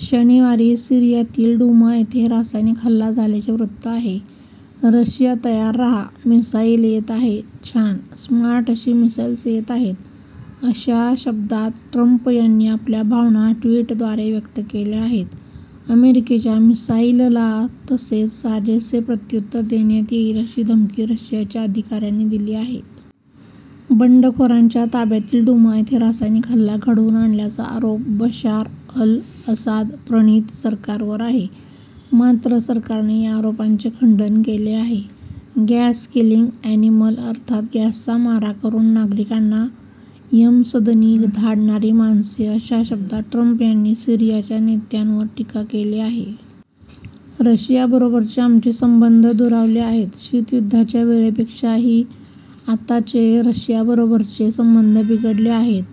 शनिवारी सीरियातील डूमा येथे रासायनिक हल्ला झाल्याचे वृत्त आहे. 'रशिया तयार राहा. मिसाईल येत आहे. छान, स्मार्ट अशी मिसाइल्स येत आहेत', अशा शब्दांत ट्रम्प यांनी आपल्या भावना ट्वीटद्वारे व्यक्त केल्या आहेत. अमेरिकेच्या मिसाईलला तसेच साजेसे प्रत्युत्तर देण्यात येईल अशी धमकी रशियाच्या अधिकाऱ्यांनी दिली आहे. बंडखोरांच्या ताब्यातील डूमा येथे रासायनिक हल्ला घडवून आणल्याचा आरोप बशार अल असादप्रणीत सरकारवर आहे. मात्र सरकारने या आरोपांचे खंडन केले आहे. गॅस किलिंग ॲनिमल अर्थात गॅसचा मारा करून नागरिकांना यमसदनी धाडणारी माणसे अशा शब्दांत ट्रम्प यांनी सीरियाच्या नेत्यांवर टीका केली आहे. 'रशियाबरोबरचे आमचे संबंध दुरावले आहेत. शीतयुद्धाच्या वेळेपेक्षाही आताचे रशियाबरोबरचे संबंध बिघडले आहेत.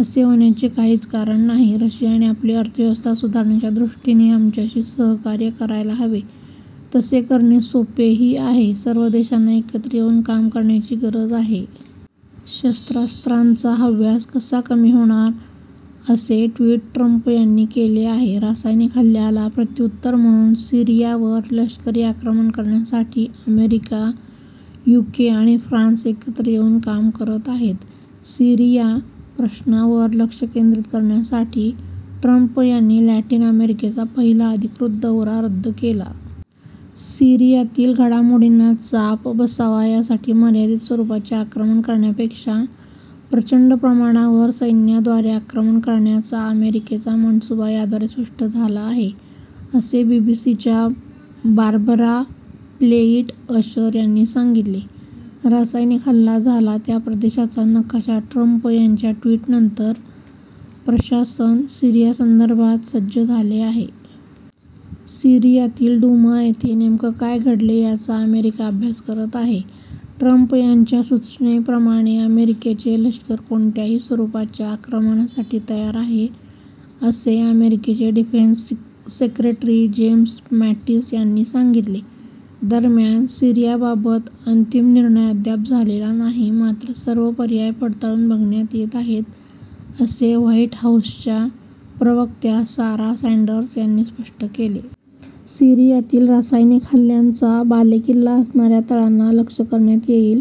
असे होण्याचे काहीच कारण नाही. रशियाने आपली अर्थव्यवस्था सुधारण्याच्या दृष्टीने आमच्याशी सहकार्य करायला हवे. तसे करणे सोपेही आहे. सर्व देशांनी एकत्र येऊन काम करण्याची गरज आहे. शस्त्रास्त्रांचा हव्यास कसा कमी होणार?' असे ट्वीट ट्रम्प यांनी केले आहे. रासायनिक हल्ल्याला प्रत्युत्तर म्हणून सीरियावर लष्करी आक्रमण करण्यासाठी अमेरिका, युके आणि फ्रान्स एकत्र येऊन काम करत आहेत. सीरिया प्रश्नावर लक्ष केंद्रित करण्यासाठी ट्रम्प यांनी लॅटिन अमेरिकेचा पहिला अधिकृत दौरा रद्द केला. 'सीरियातील घडामोडींना चाप बसावा यासाठी मर्यादित स्वरूपाचे आक्रमण करण्यापेक्षा प्रचंड प्रमाणावर सैन्याद्वारे आक्रमण करण्याचा अमेरिकेचा मनसुबा याद्वारे स्पष्ट झाला आहे', असे बीबीसीच्या बार्बरा प्लेइट अशर यांनी सांगितले. रासायनिक हल्ला झाला त्या प्रदेशाचा नकाशा ट्रम्प यांच्या ट्वीटनंतर प्रशासन सीरियासंदर्भात सज्ज झाले आहे. सीरियातील डूमा येथे नेमकं काय घडले याचा अमेरिका अभ्यास करत आहे. ट्रम्प यांच्या सूचनेप्रमाणे अमेरिकेचे लष्कर कोणत्याही स्वरूपाच्या आक्रमणासाठी तयार आहे असे अमेरिकेचे डिफेन्स सेक्रेटरी जेम्स मॅटिस यांनी सांगितले. दरम्यान सीरियाबाबत अंतिम निर्णय अद्याप झालेला नाही मात्र सर्व पर्याय पडताळून बघण्यात येत आहेत असे व्हाईट हाऊसच्या प्रवक्त्या सारा सँडर्स यांनी स्पष्ट केले. सीरियातील रासायनिक हल्ल्यांचा बालेकिल्ला असणाऱ्या तळांना लक्ष्य करण्यात येईल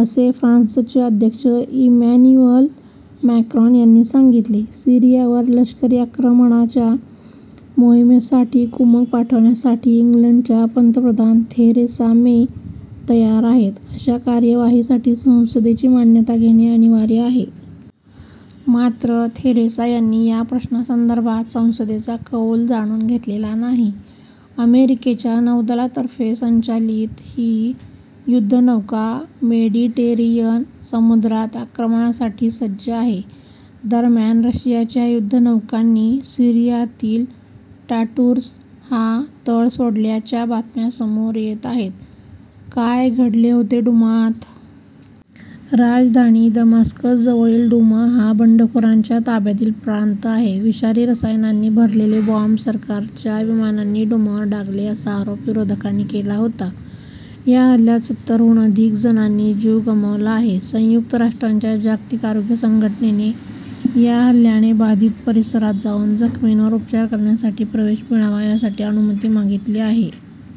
असे फ्रान्सचे अध्यक्ष इमॅन्युअल मॅक्रॉन यांनी सांगितले. सीरियावर लष्करी आक्रमणाच्या मोहिमेसाठी कुमक पाठवण्यासाठी इंग्लंडच्या पंतप्रधान थेरेसा मे तयार आहेत. अशा कार्यवाहीसाठी संसदेची मान्यता घेणे अनिवार्य आहे. मात्र थेरेसा यांनी या प्रश्नासंदर्भात संसदेचा कौल जाणून घेतलेला नाही. अमेरिकेच्या नौदलातर्फे संचालित ही युद्धनौका मेडिटेरियन समुद्रात आक्रमणासाठी सज्ज आहे. दरम्यान रशियाच्या युद्धनौकांनी सीरियातील टार्टूस हा तळ सोडल्याच्या बातम्या समोर येत आहेत. काय घडले होते डूमात? राजधानी दमास्कसजवळील डूमा हा बंडखोरांच्या ताब्यातील प्रांत आहे. विषारी रसायनांनी भरलेले बॉम्ब सरकारच्या विमानांनी डूमावर डागले असा आरोप विरोधकांनी केला होता. या हल्ल्यात सत्तरहून अधिक जणांनी जीव गमावला आहे. संयुक्त राष्ट्रांच्या जागतिक आरोग्य संघटनेने या हल्ल्याने बाधित परिसरात जाऊन जखमींवर उपचार करण्यासाठी प्रवेश मिळावा यासाठी अनुमती मागितली आहे.